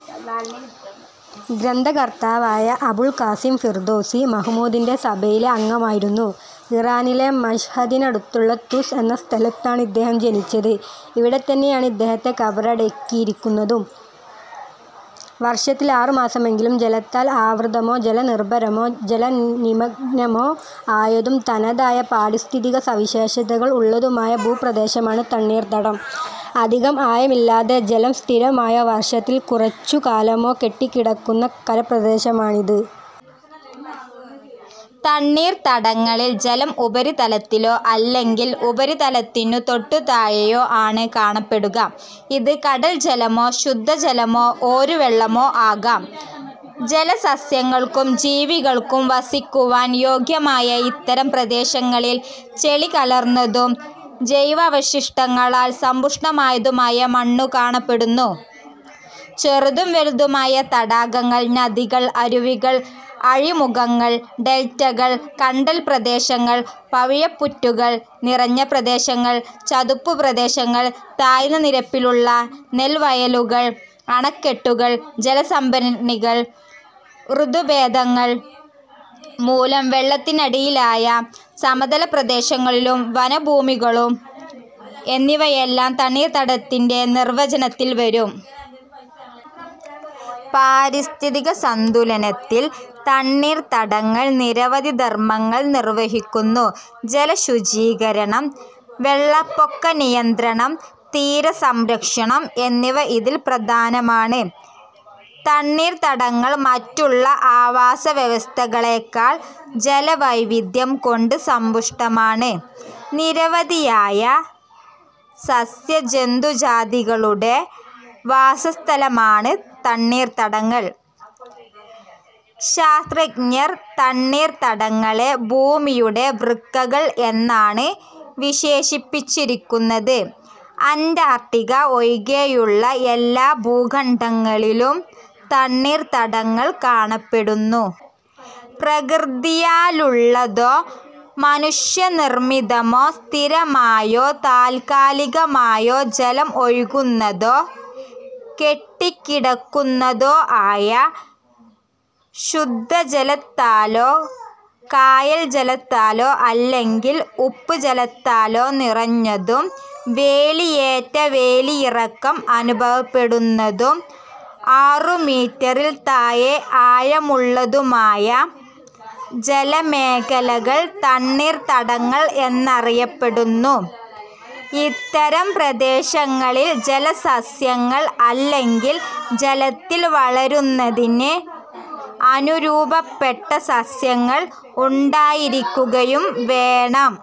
ഗ്രന്ഥകർത്താവായ Abul Qasim Firdausi മഹ്മൂദിന്റെ സഭയിലെ അംഗമായിരുന്നു. ഇറാനിലെ മശ്ഹദിനടുത്തുള്ള തുസ് എന്ന സ്ഥലത്താണ് ഇദ്ദേഹം ജനിച്ചത്. ഇവിടെത്തന്നെയാണ് ഇദ്ദേഹത്തെ ഖബറടക്കിയിരിക്കുന്നതും. വർഷത്തിൽ ആറുമാസമെങ്കിലും ജലത്താൽ ആവൃതമോ ജലനിർഭരമോ ജലനിമഗ്നമോ ആയതും തനതായ പാരിസ്ഥിതികസവിശേഷതകൾ ഉള്ളതുമായ ഭൂപ്രദേശമാണ് തണ്ണീർത്തടം. അധികം ആഴമില്ലാതെ ജലം സ്ഥിരമായോ, വർഷത്തിൽ കുറച്ചു കാലമോ കെട്ടിക്കിടക്കുന്ന കരപ്രദേശമാണിത്. തണ്ണീർത്തടങ്ങളിൽ ജലം ഉപരിതലത്തിലോ അല്ലെങ്കിൽ ഉപരിതലത്തിനു തൊട്ടുതാഴെയോ ആണ് കാണപ്പെടുക. ഇത് കടൽ ജലമോ ശുദ്ധജലമോ ഓരുവെള്ളമോ ആകാം. ജലസസ്യങ്ങൾക്കും ജീവികൾക്കും വസിക്കുവാൻ യോഗ്യമായ ഇത്തരം പ്രദേശങ്ങളിൽ ചെളി കലർന്നതും ജൈവാവശിഷ്ടങ്ങളാൽ സമ്പുഷ്ടമായതുമായ മണ്ണു കാണപ്പെടുന്നു. ചെറുതും വലുതുമായ തടാകങ്ങൾ, നദികൾ, അരുവികൾ. അഴിമുഖങ്ങൾ. ഡെൽറ്റകൾ, കണ്ടൽ പ്രദേശങ്ങൾ, പവിഴപ്പുറ്റുകൾ നിറഞ്ഞ പ്രദേശങ്ങൾ, ചതുപ്പ് പ്രദേശങ്ങൾ, താഴ്ന്ന നിരപ്പിലുള്ള നെൽവയലുകൾ, അണക്കെട്ടുകൾ, ജലസംഭരണികൾ, ഋതുഭേദങ്ങൾ മൂലം വെള്ളത്തിനടിയിലായ സമതല പ്രദേശങ്ങളും വനഭൂമികളും എന്നിവയെല്ലാം തണ്ണീർത്തടത്തിന്റെ നിർവ്വചനത്തിൽ വരും. പാരിസ്ഥിതികസംതുലനത്തിൽ തണ്ണീർത്തടങ്ങൾ നിരവധി ധർമങ്ങൾ നിർവ്വഹിക്കുന്നു. ജലശുചീകരണം, വെള്ളപ്പൊക്കനിയന്ത്രണം, തീരസംരക്ഷണം എന്നിവ ഇതിൽ പ്രധാനമാണ്. തണ്ണീർത്തടങ്ങൾ മറ്റുള്ള ആവാസ വ്യവസ്ഥകളെക്കാൾ ജൈവവൈവിധ്യം കൊണ്ട് സമ്പുഷ്ടമാണ്. നിരവധിയായ സസ്യ-ജന്തുജാതികളുടെ വാസസ്ഥലമാണ് തണ്ണീർത്തടങ്ങൾ. ശാസ്ത്രജ്ഞർ തണ്ണീർത്തടങ്ങളെ ഭൂമിയുടെ വൃക്കകൾ എന്നാണ് വിശേഷിപ്പിച്ചിരിക്കുന്നത്. അന്റാർട്ടിക്ക ഒഴികെയുള്ള എല്ലാ ഭൂഖണ്ഡങ്ങളിലും തണ്ണീർത്തടങ്ങൾ കാണപ്പെടുന്നു. പ്രകൃത്യാലുള്ളതോ, മനുഷ്യ നിർമിതമോ, സ്ഥിരമായോ താൽക്കാലികമായോ ജലം ഒഴുകുന്നതോ, കെട്ടിക്കിടക്കുന്നതോ ആയ, ശുദ്ധജലത്താലോ കായൽ ജലത്താലോ അല്ലെങ്കിൽ ഉപ്പ് ജലത്താലോ നിറഞ്ഞതും വേലിയേറ്റ വേലിയിറക്കം അനുഭവപ്പെടുന്നതും, ആറു മീറ്ററിൽ താഴെ ആഴമുള്ളതുമായ ജലമേഖലകൾ തണ്ണീർത്തടങ്ങൾ എന്നറിയപ്പെടുന്നു. ഇത്തരം പ്രദേശങ്ങളിൽ ജലസസ്യങ്ങൾ അല്ലെങ്കിൽ ജലത്തിൽ വളരുന്നതിന് അനുരൂപപ്പെട്ട സസ്യങ്ങൾ ഉണ്ടായിരിക്കുകയും വേണം.